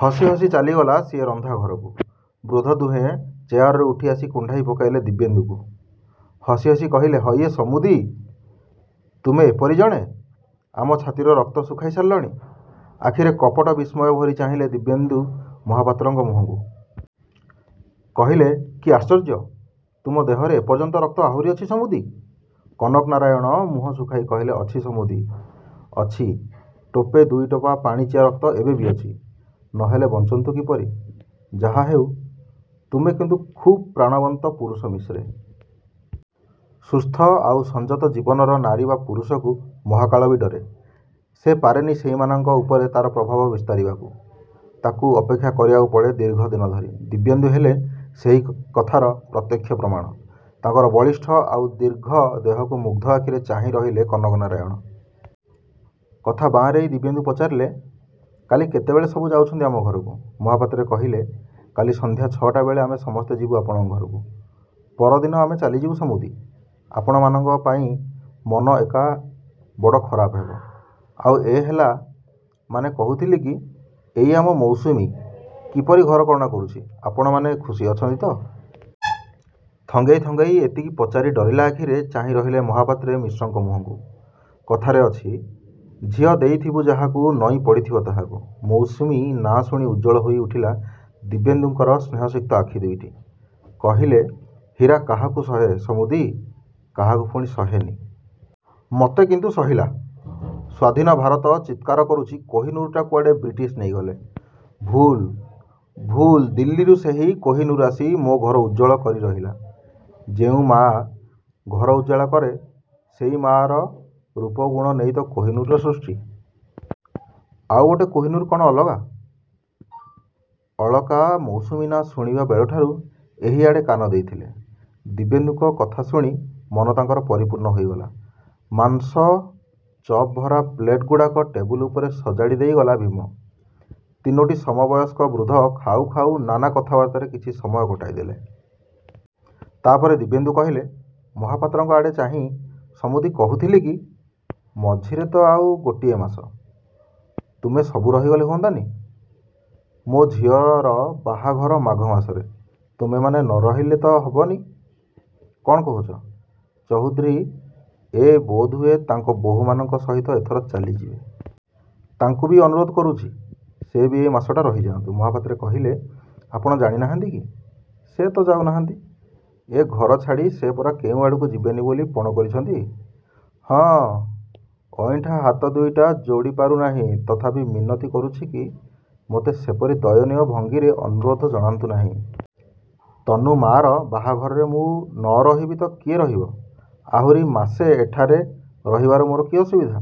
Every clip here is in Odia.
ହସି ହସି ଚାଲିଗଲା ସିଏ ରନ୍ଧା ଘରକୁ। ବୃଦ୍ଧ ଦୁହେଁ ଚେୟାରରୁ ଉଠି ଆସି କୁଣ୍ଢାଇ ପକାଇଲେ ଦିବ୍ୟେନ୍ଦୁଙ୍କୁ। ହସି ହସି କହିଲେ ହଇଏ ସମୁଦି, ତୁମେ ଏପରି ଜଣେ? ଆମ ଛାତିର ରକ୍ତ ଶୁଖାଇ ସାରିଲଣି। ଆଖିରେ କପଟ ବିସ୍ମୟ ଭରି ଚାହିଁଲେ ଦିବ୍ୟେନ୍ଦୁ ମହାପାତ୍ରଙ୍କ ମୁହଁକୁ। କହିଲେ କି ଆଶ୍ଚର୍ଯ୍ୟ, ତୁମ ଦେହରେ ଏପର୍ଯ୍ୟନ୍ତ ରକ୍ତ ଆହୁରି ଅଛି ସମୁଦି? କନକନାରାୟଣ ମୁହଁ ଶୁଖାଇ କହିଲେ ଅଛି ସମୁଦି, ଅଛି ଟୋପେ ଦୁଇଟୋପା ପାଣିଚିଆ ରକ୍ତ ଏବେ ବି ଅଛି। ନ ହେଲେ ବଞ୍ଚନ୍ତୁ କିପରି। ଯାହାହେଉ, ତୁମେ କିନ୍ତୁ ଖୁବ୍ ପ୍ରାଣବନ୍ତ ପୁରୁଷ ମିଶ୍ରେ। ସୁସ୍ଥ ଆଉ ସଂଯତ ଜୀବନର ନାରୀ ବା ପୁରୁଷକୁ ମହାକାଳ ବି ଡରେ। ସେ ପାରେନି ସେଇମାନଙ୍କ ଉପରେ ତା'ର ପ୍ରଭାବ ବିସ୍ତାରିବାକୁ। ତାକୁ ଅପେକ୍ଷା କରିବାକୁ ପଡ଼େ ଦୀର୍ଘଦିନ ଧରି। ଦିବ୍ୟେନ୍ଦୁ ହେଲେ ସେହି କଥାର ପ୍ରତ୍ୟକ୍ଷ ପ୍ରମାଣ। ତାଙ୍କର ବଳିଷ୍ଠ ଆଉ ଦୀର୍ଘ ଦେହକୁ ମୁଗ୍ଧ ଆଖିରେ ଚାହିଁ ରହିଲେ କନକନାରାୟଣ। କଥା ବାଆଁରେଇ ଦିବ୍ୟେନ୍ଦୁ ପଚାରିଲେ କାଲି କେତେବେଳେ ସବୁ ଯାଉଛନ୍ତି ଆମ ଘରକୁ। ମହାପାତ୍ରେ କହିଲେ କାଲି ସନ୍ଧ୍ୟା ଛଅଟା ବେଳେ ଆମେ ସମସ୍ତେ ଯିବୁ ଆପଣଙ୍କ ଘରକୁ। ପରଦିନ ଆମେ ଚାଲିଯିବୁ ସମୁଦି। ଆପଣମାନଙ୍କ ପାଇଁ ମନ ଏକା ବଡ଼ ଖରାପ ହେବ। ଆଉ ଏ ହେଲା, ମାନେ କହୁଥିଲି କି ଏଇ ଆମ ମୌସୁମୀ, କିପରି ଘରକରଣା କରୁଛି, ଆପଣମାନେ ଖୁସି ଅଛନ୍ତି ତ? ଥଙ୍ଗେଇ, ଥଙ୍ଗେଇ ଏତିକି ପଚାରି ଡରିଲା ଆଖିରେ ଚାହିଁ ରହିଲେ ମହାପାତ୍ରେ ମିଶ୍ରଙ୍କ ମୁହଁକୁ। କଥାରେ ଅଛି "ଝିଅ ଦେଇଥିବୁ ଯାହାକୁ, ନଇଁ ପଡ଼ିଥିବ ତାହାକୁ।" ମୌସୁମୀ ନାଁ ଶୁଣି ଉଜ୍ଜ୍ୱଳ ହୋଇ ଉଠିଲା ଦିବ୍ୟେନ୍ଦୁଙ୍କର ସ୍ନେହସିକ୍ତ ଆଖି ଦୁଇଟି। କହିଲେ ହୀରା କାହାକୁ ସହେ ସମୁଦି କାହାକୁ ପୁଣି ସହେନି। ମତେ କିନ୍ତୁ ସହିଲା। ସ୍ୱାଧୀନ ଭାରତ ଚିତ୍କାର କରୁଛି, କୋହିନୂରଟା କୁଆଡ଼େ ବ୍ରିଟିଶ ନେଇଗଲେ। ଭୁଲ, ଭୁଲ, ଦିଲ୍ଲୀରୁ ସେହି କୋହିନୂର ଆସି ମୋ ଘର ଉଜ୍ଜ୍ୱଳ କରି ରହିଲା। ଯେଉଁ ମାଆ ଘର ଉଜ୍ଜ୍ୱଳ କରେ ସେଇ ମାଆର ରୂପ ଗୁଣ ନେଇ ତ କୋହିନୂରର ସୃଷ୍ଟି। ଆଉ ଗୋଟେ କୋହିନୂର କ'ଣ ଅଲଗା? ଅଳକା ମୌସୁମୀ ନାଁ ଶୁଣିବା ବେଳଠାରୁ ଏହିଆଡ଼େ କାନ ଦେଇଥିଲେ। ଦିବ୍ୟେନ୍ଦୁଙ୍କ କଥା ଶୁଣି ମନ ତାଙ୍କର ପରିପୂର୍ଣ୍ଣ ହୋଇଗଲା। ମାଂସ ଚପ୍ ଭରା ପ୍ଲେଟ୍‌ଗୁଡ଼ାକ ଟେବୁଲ୍ ଉପରେ ସଜାଡ଼ି ଦେଇଗଲା ଭୀମ। ତିନୋଟି ସମବୟସ୍କ ବୃଦ୍ଧ ଖାଉ ଖାଉ ନାନା କଥାବାର୍ତ୍ତାରେ କିଛି ସମୟ କଟାଇ ଦେଲେ। ତା' ପରେ ଦିବ୍ୟେନ୍ଦୁ କହିଲେ ମହାପାତ୍ରଙ୍କ ଆଡ଼େ ଚାହିଁ ସମୁଦି କହୁଥିଲି କି ମଝିରେ ତ ଆଉ ଗୋଟିଏ ମାସ। ତୁମେ ସବୁ ରହିଗଲେ ହୁଅନ୍ତାନି? ମୋ ଝିଅର ବାହାଘର ମାଘ ମାସରେ। ତୁମେମାନେ ନ ରହିଲେ ତ ହେବନି। କ'ଣ କହୁଛ? ଚୌଧୁରୀ ଏ ବୋଧହୁଏ ତାଙ୍କ ବୋହୂମାନଙ୍କ ସହିତ ଏଥର ଚାଲିଯିବେ। ତାଙ୍କୁ ବି ଅନୁରୋଧ କରୁଛି। ସେ ବି ଏ ମାସଟା ରହିଯାଆନ୍ତୁ। ମହାପାତ୍ରେ କହିଲେ ଆପଣ ଜାଣିନାହାନ୍ତି କି? ସେ ତ ଯାଉନାହାନ୍ତି। ଏ ଘର ଛାଡ଼ି ସେ ପରା କେଉଁଆଡ଼କୁ ଯିବେନି ବୋଲି ପଣ କରିଛନ୍ତି। ହଁ, ଅଇଁଠା ହାତ ଦୁଇଟା ଯୋଡ଼ି ପାରୁ ନାହିଁ, ତଥାପି ମିନତି କରୁଛି କି ମତେ, ସେପରି ଦୟନୀୟ ଭଙ୍ଗୀରେ ଅନୁରୋଧ ଜଣାନ୍ତୁ ନାହିଁ। ତନୁ ମା'ର ବାହାଘରରେ ମୁଁ ନ ରହିବି ତ କିଏ ରହିବ? ଆହୁରି ମାସେ ଏଠାରେ ରହିବାରେ ମୋର କି ଅସୁବିଧା।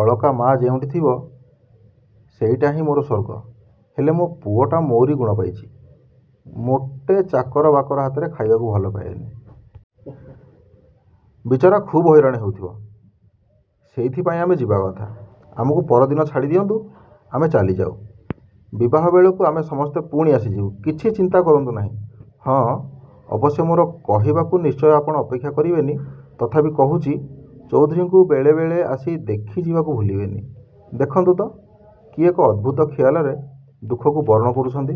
ଅଳକା ମା' ଯେଉଁଠି ଥିବ ସେଇଟାହିଁ ମୋର ସ୍ୱର୍ଗ। ହେଲେ ମୋ ପୁଅଟା ମୋରି ଗୁଣ ପାଇଛି। ମୋଟେ ଚାକର ବାକର ହାତରେ ଖାଇବାକୁ ଭଲ ପାଏନି। ବିଚରା ଖୁବ୍ ହଇରାଣ ହେଉଥିବ। ସେଇଥିପାଇଁ ଆମେ ଯିବା କଥା। ଆମକୁ ପରଦିନ ଛାଡ଼ି ଦିଅନ୍ତୁ, ଆମେ ଚାଲିଯାଉ। ବିବାହ ବେଳକୁ ଆମେ ସମସ୍ତେ ପୁଣି ଆସିଯିବୁ। କିଛି ଚିନ୍ତା କରନ୍ତୁ ନାହିଁ। ହଁ, ଅବଶ୍ୟ ମୋର କହିବାକୁ ନିଶ୍ଚୟ ଆପଣ ଅପେକ୍ଷା କରିବେନି, ତଥାପି କହୁଛି ଚୌଧୁରୀଙ୍କୁ ବେଳେ ବେଳେ ଆସି ଦେଖିଯିବାକୁ ଭୁଲିବେନି। ଦେଖନ୍ତୁ ତ କି ଏକ ଅଦ୍ଭୁତ ଖିଆଲରେ ଦୁଃଖକୁ ବରଣ କରୁଛନ୍ତି।